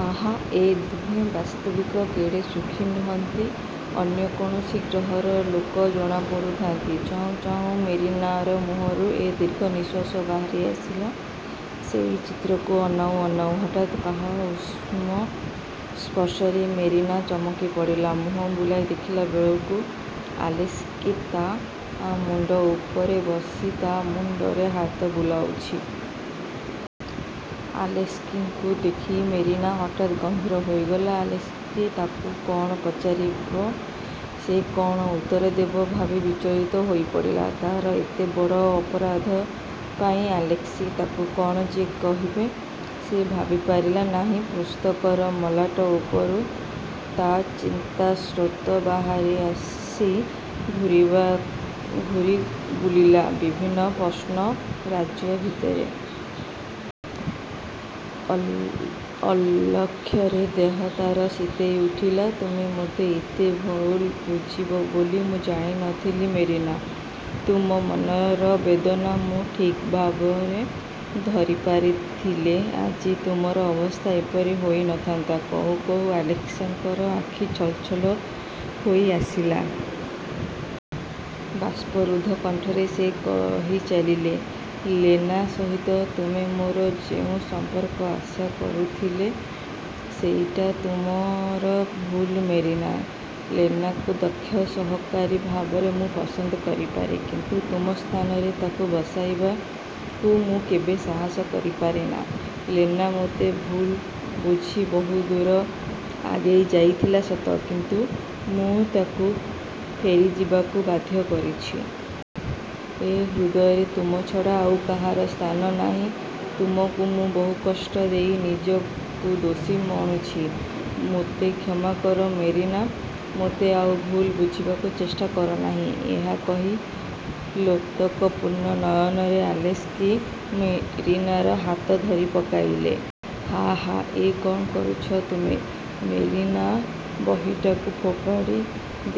ଆହା, ଏ ଦୁହେଁ ବାସ୍ତବିକ କେଡ଼େ ସୁଖୀ ନୁହନ୍ତି? ଅନ୍ୟ କୌଣସି ଗ୍ରହର ଲୋକ ଜଣାପଡ଼ୁଥାନ୍ତି। ଚାହୁଁ ଚାହୁଁ ମେରିନାର ମୁହଁରୁ ଏ ଦୀର୍ଘ ନିଃଶ୍ୱାସ ବାହାରି ଆସିଲା ସେଇ ଚିତ୍ରକୁ ଅନାଉଁ ଅନାଉଁ। ହଠାତ୍ କାହା ଉଷ୍ଣ ସ୍ପର୍ଶରେ ମେରିନା ଚମକି ପଡ଼ିଲା। ମୁହଁ ବୁଲାଇ ଦେଖିଲାବେଳକୁ ଆଲେସ୍କି ତା' ଆ ମୁଣ୍ଡ ଉପରେ ବସି ତା ମୁଣ୍ଡରେ ହାତ ବୁଲାଉଛି। ଆଲେସ୍କିଙ୍କୁ ଦେଖି ମେରିନା ହଠାତ୍ ଗମ୍ଭୀର ହୋଇଗଲା। ଆଲେସ୍କି ତାକୁ କଣ ପଚାରିବ, ସେ କଣ ଉତ୍ତର ଦେବ ଭାବି ବିଚଳିତ ହୋଇପଡ଼ିଲା। ତା'ର ଏତେ ବଡ଼ ଅପରାଧ ପାଇଁ ଆଲେକ୍ସି ତାକୁ କଣ ଯେ କହିବେ, ସେ ଭାବିପାରିଲା ନାହିଁ। ପୁସ୍ତକର ମଲାଟ ଉପରୁ ତା ଚିନ୍ତାସ୍ରୋତ ବାହାରି ଆସି ଘୂରିବା ଘୂରିବୁଲିଲା ବିଭିନ୍ନ ପ୍ରଶ୍ନ-ରାଜ୍ୟ ଭିତରେ। ଅଲ୍ ଅଲକ୍ଷ୍ୟରେ ଦେହ ତାର ଶୀତେଇ ଉଠିଲା। ''ତୁମେ ମୋତେ ଏତେ ଭୁଲ ବୁଝିବ ବୋଲି ମୁଁ ଜାଣି ନଥିଲି ମେରିନା! ତୁମ ମନର ବେଦନା ମୁଁ ଠିକ୍ ଭାବରେ ଧରିପାରିଥିଲେ ଆଜି ତୁମର ଅବସ୍ଥା ଏପରି ହୋଇ ନଥାନ୍ତା। '' କହୁ କହୁ ଆଲେକ୍ସିଙ୍କର ଆଖି ଛଲଛଲ ହୋଇଆସିଲା। ବାଷ୍ପରୁଦ୍ଧ କଣ୍ଠରେ ସେ କହିଚାଲିଲେ, ''ଲେନା ସହିତ ତୁମେ ମୋର ଯେଉଁ ସମ୍ପର୍କ ଆଷା କରୁଥିଲେ, ସେଇଟା ତୁମର ଭୁଲ ମେରିନା! ଲେନାକୁ ଦକ୍ଷ ସହକାରୀ ଭାବରେ ମୁଁ ପସନ୍ଦ କରିପାରେ; କିନ୍ତୁ ତୁମ ସ୍ଥାନରେ ତାକୁ ବସାଇବାକୁ ମୁଁ କେବେ ସାହାସ କରିପାରେନା। ଲେନା ମୋତେ ଭୁଲ୍ ବୁଝି ବହୁ ଦୂର ଆଗେଇଯାଇଥିଲା ସତ; କିନ୍ତୁ ମୁଁ ତାକୁ ଫେରିଯିବାକୁ ବାଧ୍ୟ କରିଛି। ଏ ହୃଦୟରେ ତୁମ ଛଡ଼ା ଆଉ କାହାର ସ୍ଥାନ ନାହିଁ। ତୁମକୁ ମୁଁ ବହୁକଷ୍ଟ ଦେଇ ନିଜକୁ ଦୋଷୀ ମଣୁଛି। ମୋତେ କ୍ଷମାକର ମେରିନା! ମୋତେ ଆଉ ଭୁଲ ବୁଝିବାକୁ ଚେଷ୍ଟା କରନାହିଁ। ''ଏହା କହି ଲୋତକପୂର୍ଣ୍ଣ ନୟନରେ ଆଲେସ୍କି ମେରିନାର ହାତ ଧରିପକାଇଲେ। ''ହା, ହା, ଏ କଣ କରୁଛ ତୁମେ? '' ମେରିନା ବହିଟାକୁ ଫୋପାଡ଼ି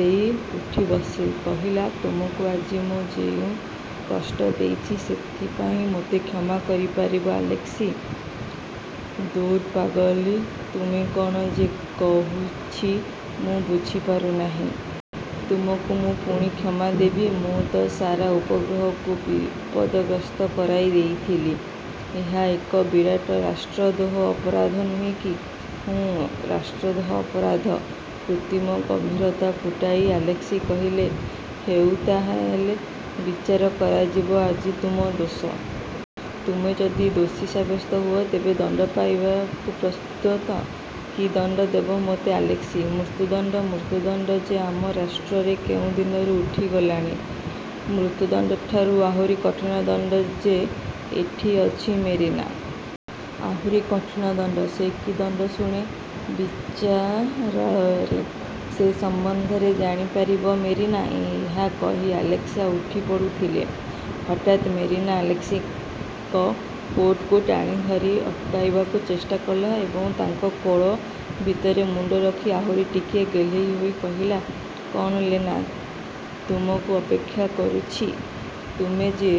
ଦେଇ ଉଠି ବସି କହିଲା, ''ତୁମକୁ ଆଜି ମୁଁ ଯେଉଁ କଷ୍ଟ ଦେଇଛି, ସେଥିପାଇଁ ମୋତେ କ୍ଷମା କରିପାରିବ ଆଲେକ୍ସି? '' ''ଦୂର୍ ପାଗଲି, ତୁମେ କ'ଣ ଯେ କହୁଛି ମୁଁ ବୁଝିପାରୁନାହିଁ। ତୁମକୁ ମୁଁ ପୁଣି କ୍ଷମା ଦେବି-? '' ''ମୁଁ ତ ସାରା ଉପଗ୍ରହକୁ ବିପଦଗ୍ରସ୍ତ କରାଇ ଦେଇଥିଲି। ଏହା ଏକ ବିରାଟ ରାଷ୍ଟ୍ରଦୋହ ଅପରାଧ ନୁହେଁ କି? '' ''ହୁଁ, ରାଷ୍ଟ୍ରଦ୍ରୋହ ଅପରାଧ! '' କୃତ୍ରିମ ଗମ୍ଭୀରତା ଫୁଟାଇ ଆଲେକ୍ସି କହିଲେ, ''ହେଉ, ତାହା' ହେଲେ ବିଚାର କରାଯିବ ଆଜି ତୁମ ଦୋଷ। ତୁମେ ଯଦି ଦୋଷୀ ସାବ୍ୟସ୍ତ ହୁଅ, ତେବେ ଦଣ୍ଡ ପାଇବାକୁ ପ୍ରସ୍ତୁତ ତ? '' ''କି ଦଣ୍ଡ ଦେବ ମୋତେ ଆଲେକ୍ସି? ମୃତ୍ୟୁଦଣ୍ଡ? ମୃତ୍ୟୁଦଣ୍ଡ ଯେ ଆମ ରାଷ୍ଟ୍ରରେ କେଉଁ ଦିନରୁ ଉଠିଗଲାଣି। '' ''ମୃତ୍ୟୁଦଣ୍ଡଠାରୁ ଆହୁରି କଠିନ ଦଣ୍ଡ ଯେ ଏଠି ଅଛି ମେରିନା! '' ''ଆହୁରି କଠିନ ଦଣ୍ଡ? ସେ କି ଦଣ୍ଡ ଶୁଣେ? '' ''ବିଚାରାଳୟରେ। ସେ ସମ୍ବନ୍ଧରେ ଜାଣିପାରିବ ମେରିନା। '' ଏହା କହି ଆଲେକ୍ସି ଆ ଉଠିପଡ଼ୁଥିଲେ। ହଠାତ୍ ମେରିନା ଆଲେକ୍ସି କ କୋଟକୁ ଟାଣି ଧରି ଅଟକାଇବାକୁ ଚେଷ୍ଟା କଲା ଏବଂ ତାଙ୍କ କୋଳ ଭିତରେ ମୁଣ୍ଡ ରଖି ଆହୁରି ଟିକେ ଗେହ୍ଲେଇ ହୋଇ କହିଲା, ''କଣ ଲେନା ତୁମକୁ ଅପେକ୍ଷା କରୁଛି? ତୁମେ ଯେ